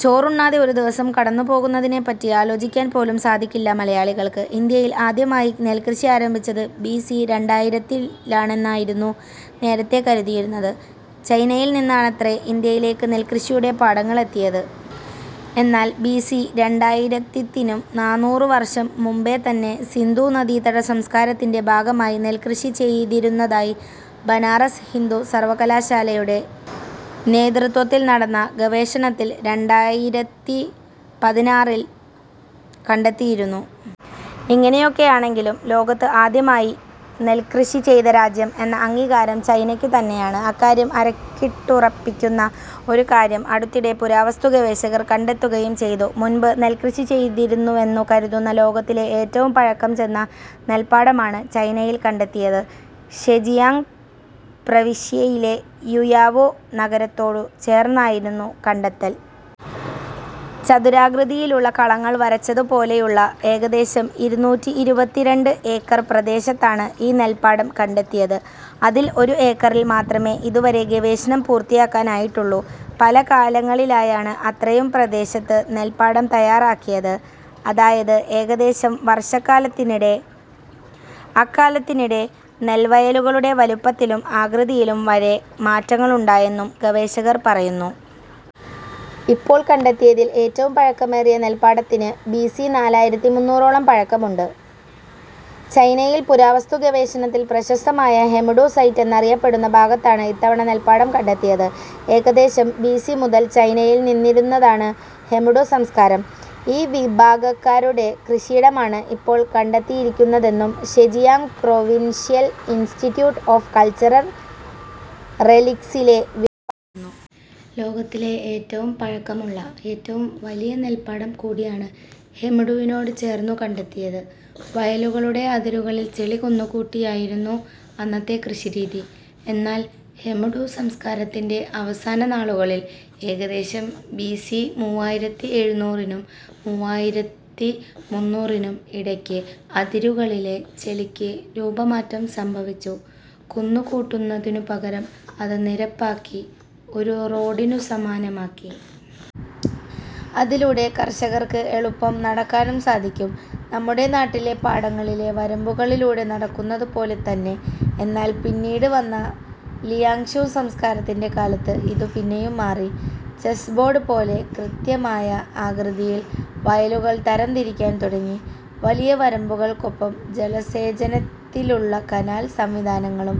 ചോറുണ്ണാതെ ഒരു ദിവസം കടന്നുപോകുന്നതിനെപ്പറ്റി ആലോചിക്കാൻ പോലും സാധിക്കില്ല മലയാളികൾക്ക്. ഇന്ത്യയിൽ ആദ്യമായി നെൽ കൃഷി ആരംഭിച്ചത് ബിസി രണ്ടായിരത്തിലാണെന്നായിരുന്നു നേരത്തേ കരുതിയിരുന്നത്. ചൈനയിൽനിന്നാണത്രേ ഇന്ത്യയിലേക്ക് നെൽകൃഷിയുടെ പാഠങ്ങളെത്തിയത്. എന്നാൽ ബിസി രണ്ടായിരത്തിത്തിനും നാന്നൂറ് വർഷം മുൻപേതന്നെ സിന്ധൂനദീതട സംസ്കാരത്തിൻ്റെ ഭാഗമായി നെൽകൃഷി ചെയ്തിരുന്നതായി ബനാറസ് ഹിന്ദു സർവകലാശാലയുടെ നേതൃത്വത്തിൽ നടന്ന ഗവേഷണത്തിൽ രണ്ടായിരത്തിപതിനാറിൽ കണ്ടെത്തിയിരുന്നു. ഇങ്ങനെയൊക്കെയാണെങ്കിലും ലോകത്ത് ആദ്യമായി നെൽകൃഷി ചെയ്ത രാജ്യം എന്ന അംഗീകാരം ചൈനയ്ക്കു തന്നെയാണ്. അക്കാര്യം അരക്കിട്ടുറപ്പിക്കുന്ന ഒരു കാര്യം അടുത്തിടെ പുരാവസ്തു ഗവേഷകർ കണ്ടെത്തുകയും ചെയ്തു. മുൻപ് നെൽകൃഷി ചെയ്തിരുന്നുവെന്നു കരുതുന്ന, ലോകത്തിലെ ഏറ്റവും പഴക്കം ചെന്ന നെൽപ്പാടമാണ് ചൈനയിൽ കണ്ടെത്തിയത്. ഷെജിയാങ് പ്രവിശ്യയിലെ യുയാവോ നഗരത്തോടു ചേർന്നായിരുന്നു കണ്ടെത്തൽ. ചതുരാകൃതിയിലുള്ള കളങ്ങൾ വരച്ചതു പോലെയുള്ള ഏകദേശം ഇരുന്നൂറ്റിഇരുപത്തിരണ്ട് ഏക്കർ പ്രദേശത്താണ് ഈ നെൽപ്പാടം കണ്ടെത്തിയത്. അതിൽ ഒരു ഏക്കറിൽ മാത്രമേ ഇതുവരെ ഗവേഷണം പൂർത്തിയാക്കാനായിട്ടുള്ളൂ. പല കാലങ്ങളിലായാണ് അത്രയും പ്രദേശത്ത് നെൽപ്പാടം തയാറാക്കിയത്. അതായത് ഏകദേശം വർഷക്കാലത്തിനിടെ. അക്കാലത്തിനിടെ നെൽവയലുകളുടെ വലുപ്പത്തിലും ആകൃതിയിലും വരെ മാറ്റങ്ങളുണ്ടായെന്നും ഗവേഷകർ പറയുന്നു. ഇപ്പോൾ കണ്ടെത്തിയതിൽ ഏറ്റവും പഴക്കമേറിയ നെൽപ്പാടത്തിന് ബിസി നാലായിരത്തിമുന്നൂറോളം പഴക്കമുണ്ട്. ചൈനയിൽ പുരാവസ്തു ഗവേഷണത്തിൽ പ്രശസ്തമായ ഹെമുഡു സൈറ്റ് എന്നറിയപ്പെടുന്ന ഭാഗത്താണ് ഇത്തവണ നെൽപ്പാടം കണ്ടെത്തിയത്. ഏകദേശം ബിസി മുതൽ ചൈനയിൽ നിലനിന്നിരുന്നതാണ് ഹെമുഡു സംസ്കാരം. ഈ വിഭാഗക്കാരുടെ കൃഷിയിടമാണ് ഇപ്പോൾ കണ്ടെത്തിയിരിക്കുന്നതെന്നും Zhejiang provincial institute of cultural റെലിക്സിലെ വിദഗ്ധർ പറയുന്നു. ലോകത്തിലെ ഏറ്റവും പഴക്കമുള്ള, ഏറ്റവും വലിയ നെൽപ്പാടം കൂടിയാണ് ഹെമുഡുവിനോടു ചേർന്നു കണ്ടെത്തിയത്. വയലുകളുടെ അതിരുകളിൽ ചെളി കുന്നുകൂട്ടിയായിരുന്നു അന്നത്തെ കൃഷി രീതി. എന്നാൽ ഹെമുഡു സംസ്കാരത്തിൻ്റെ അവസാന നാളുകളിൽ, ഏകദേശം ബിസി മുവ്വായിരത്തിഎഴുന്നൂറിനും മുവ്വായിരത്തിമുന്നൂറിനും ഇടയ്ക്ക് അതിരുകളിലെ ചെളിക്ക് രൂപമാറ്റം സംഭവിച്ചു. കുന്നുകൂട്ടുന്നതിനു പകരം അത് നിരപ്പാക്കി ഒരു റോഡിനു സമാനമാക്കി. അതിലൂടെ കർഷകർക്ക് എളുപ്പം നടക്കാനും സാധിക്കും. നമ്മുടെ നാട്ടിലെ പാടങ്ങളിലെ വരമ്പുകളിലൂടെ നടക്കുന്നതു പോലെത്തന്നെ! എന്നാൽ പിന്നീട് വന്ന ലിയാങ്ഷു സംസ്കാരത്തിൻ്റെ കാലത്ത് ഇതു പിന്നെയും മാറി. ചെസ് ബോർഡ് പോലെ കൃത്യമായ ആകൃതിയിൽ വയലുകൾ തരംതിരിക്കാൻ തുടങ്ങി. വലിയ വരമ്പുകൾക്കൊപ്പം ജലസേചനത്തിലുള്ള കനാൽ സംവിധാനങ്ങളും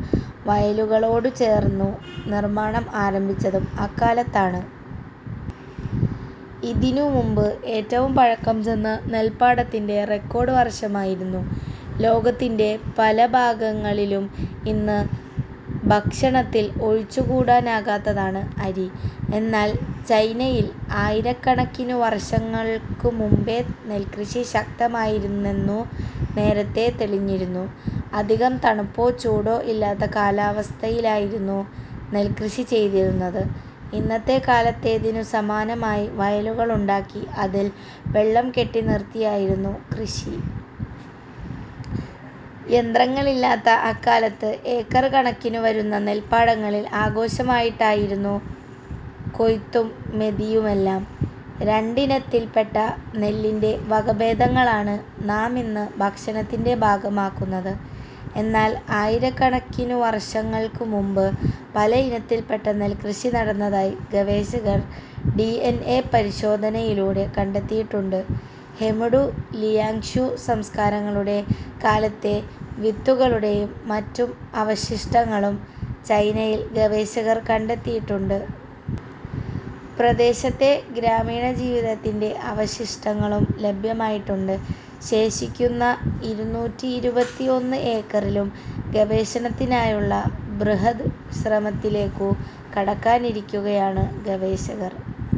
വയലുകളോടു ചേർന്നു നിർമാണം ആരംഭിച്ചതും അക്കാലത്താണ്. ഇതിനു മുൻപ് ഏറ്റവും പഴക്കം ചെന്ന നെൽപ്പാടത്തിൻ്റെ റെക്കോർഡ് വർഷമായിരുന്നു. ലോകത്തിൻ്റെ പല ഭാഗങ്ങളിലും ഇന്ന് ഭക്ഷണത്തിൽ ഒഴിച്ചുകൂടാനാകാത്തതാണ് അരി. എന്നാൽ ചൈനയിൽ ആയിരക്കണക്കിനു വർഷങ്ങൾക്കു മുൻപേ നെൽകൃഷി ശക്തമായിരുന്നെന്നു നേരത്തേ തെളിഞ്ഞിരുന്നു. അധികം തണുപ്പോ ചൂടോ ഇല്ലാത്ത കാലാവസ്ഥയിലായിരുന്നു നെൽകൃഷി ചെയ്തിരുന്നത്. ഇന്നത്തെ കാലത്തേതിനു സമാനമായി വയലുകളുണ്ടാക്കി അതിൽ വെള്ളം കെട്ടിനിർത്തിയായിരുന്നു കൃഷി. യന്ത്രങ്ങളില്ലാത്ത അക്കാലത്ത് ഏക്കറുകണക്കിനു വരുന്ന നെൽപ്പാടങ്ങളിൽ ആഘോഷമായിട്ടായിരുന്നു കൊയ്ത്തും മെതിയുമെല്ലാം. രണ്ടിനത്തിൽപ്പെട്ട നെല്ലിൻ്റെ വകഭേദങ്ങളാണ് നാമിന്ന് ഭക്ഷണത്തിൻ്റെ ഭാഗമാക്കുന്നത്. എന്നാൽ ആയിരക്കണക്കിനു വർഷങ്ങൾക്കു മുൻപ് പല ഇനത്തിൽപ്പെട്ട നെൽകൃഷി നടന്നതായി ഗവേഷകർ ഡി.എൻ.എ പരിശോധനയിലൂടെ കണ്ടെത്തിയിട്ടുണ്ട്. ഹെമുഡു, ലിയാങ്ഷു സംസ്കാരങ്ങളുടെ കാലത്തെ വിത്തുകളുടെയും മറ്റും അവശിഷ്ടങ്ങളും ചൈനയിൽ ഗവേഷകർ കണ്ടെത്തിയിട്ടുണ്ട്. പ്രദേശത്തെ ഗ്രാമീണജീവിതത്തിൻ്റെ അവശിഷ്ടങ്ങളും ലഭ്യമായിട്ടുണ്ട്. ശേഷിക്കുന്ന ഇരുന്നൂറ്റിഇരുപത്തിഒന്ന് ഏക്കറിലും ഗവേഷണത്തിനായുള്ള ബൃഹദ് ശ്രമത്തിലേക്കു കടക്കാനിരിക്കുകയാണ് ഗവേഷകർ.